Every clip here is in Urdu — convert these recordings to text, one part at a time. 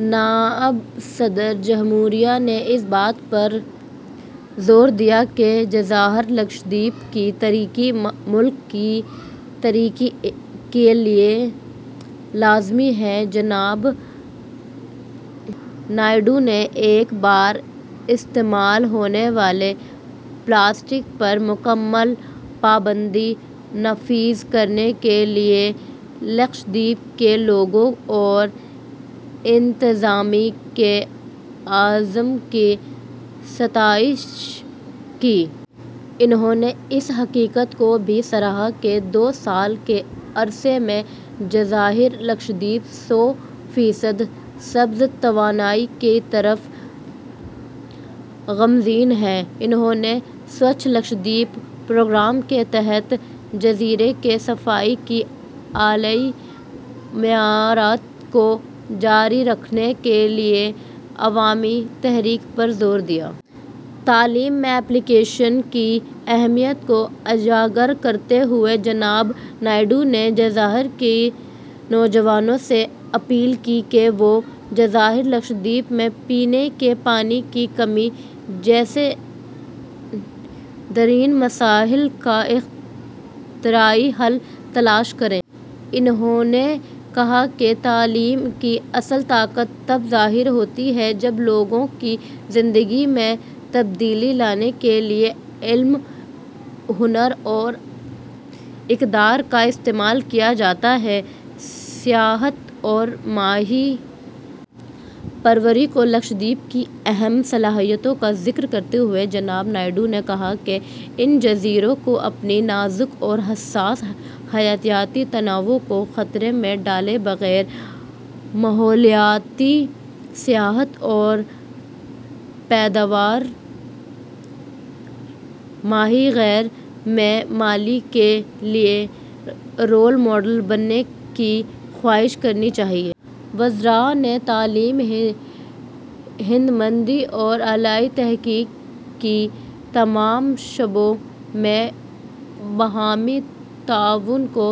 نائب صدر جمہوریہ نے اس بات پر زور دیا کہ جزائر لکشدیپ کی ترقی ملک کی ترقی کے لیے لازمی ہے۔ جناب نائیڈو نے ایک بار استعمال ہونے والے پلاسٹک پر مکمل پابندی نافذ کرنے کے لیے لکشدیپ کے لوگوں اور انتظامیہ کے عزم کی ستائش کی۔ انہوں نے اس حقیقت کو بھی سراہا کہ دو سال کے عرصے میں جزائر لکشدیپ سو فیصد سبز توانائی کی طرف گامزن ہیں۔ انہوں نے ’سوچھ لکشدیپ‘ پروگرام کے تحت جزیرے کی صفائی کے اعلیٰ معیارات کو جاری رکھنے کے لیے عوامی تحریک پر زور دیا۔ تعلیم میں ’اپلی کیشن‘ کی اہمیت کو اجاگر کرتے ہوئے، جناب نائیڈو نے جزائر کے نوجوانوں سے اپیل کی کہ وہ جزائر لکشدیپ میں پینے کے پانی کی کمی جیسے دیرینہ مسائل کا اختراعی حل تلاش کریں۔ انہوں نے کہا کہ ’’تعلیم کی اصل طاقت تب ظاہر ہوتی ہے جب لوگوں کی زندگیوں میں تبدیلی لانے کے لیے علم، ہنر اور اقدار کا استعمال کیا جاتا ہے۔‘‘ سیاحت اور ماہی پروری کو لکشدیپ کی اہم صلاحیتوں کا ذکر کرتے ہوئے جناب نائیڈو نے کہا کہ ان جزیروں کو اپنی نازک اور حساس حیاتیاتی تنوع کو خطرے میں ڈالے بغیر، ماحولیاتی سیاحت اور پائیدار ماہی گیری میں ملک کے لیے رول ماڈل بننے کی خواہش کرنی چاہیے۔ وزراء نے تعلیم، ہنرمندی اور اعلیٰ تحقیق کے تمام شعبوں میں باہمی تعاون کو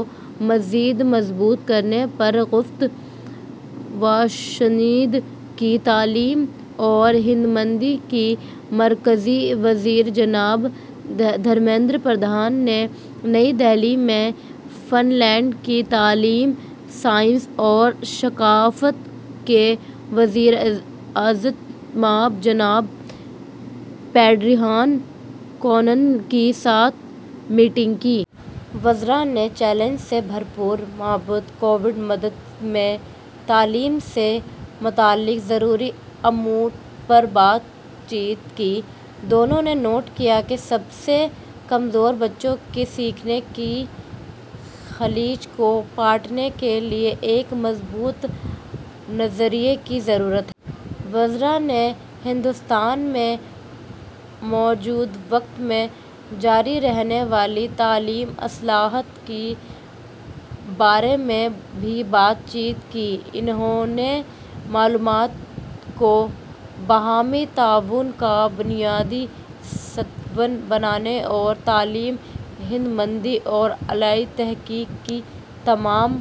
مزید مضبوط کرنے پر گفت و شنید کی۔ تعلیم اور ہنرمندی کے مرکزی وزیر جناب دھرمیندر پردھان نے نئی دہلی میں فن لینڈ کے تعلیم، سائنس اور ثقافت کے وزیر عزت مآب جناب پیٹری ہان کونن کے ساتھ میٹنگ کی۔ وزراء نے چیلنج سے بھرپور مابعد کووڈ مدت میں تعلیم سے متعلق ضروری امور پر بات چیت کی۔ دونوں نے نوٹ کیا کہ سب سے کمزور بچوں کے سیکھنے کی خلیج کو پاٹنے کے لیے ایک مضبوط نظریے کی ضرورت ہے۔ وزراء نے ہندوستان میں موجودہ وقت میں جاری رہنے والی تعلیمی اصلاحات کے بارے میں بھی بات چیت کی۔ انہوں نے معلومات کو باہمی تعاون کا بنیادی ستون بنانے اور تعلیم، ہنرمندی اور اعلیٰ تحقیق کے تمام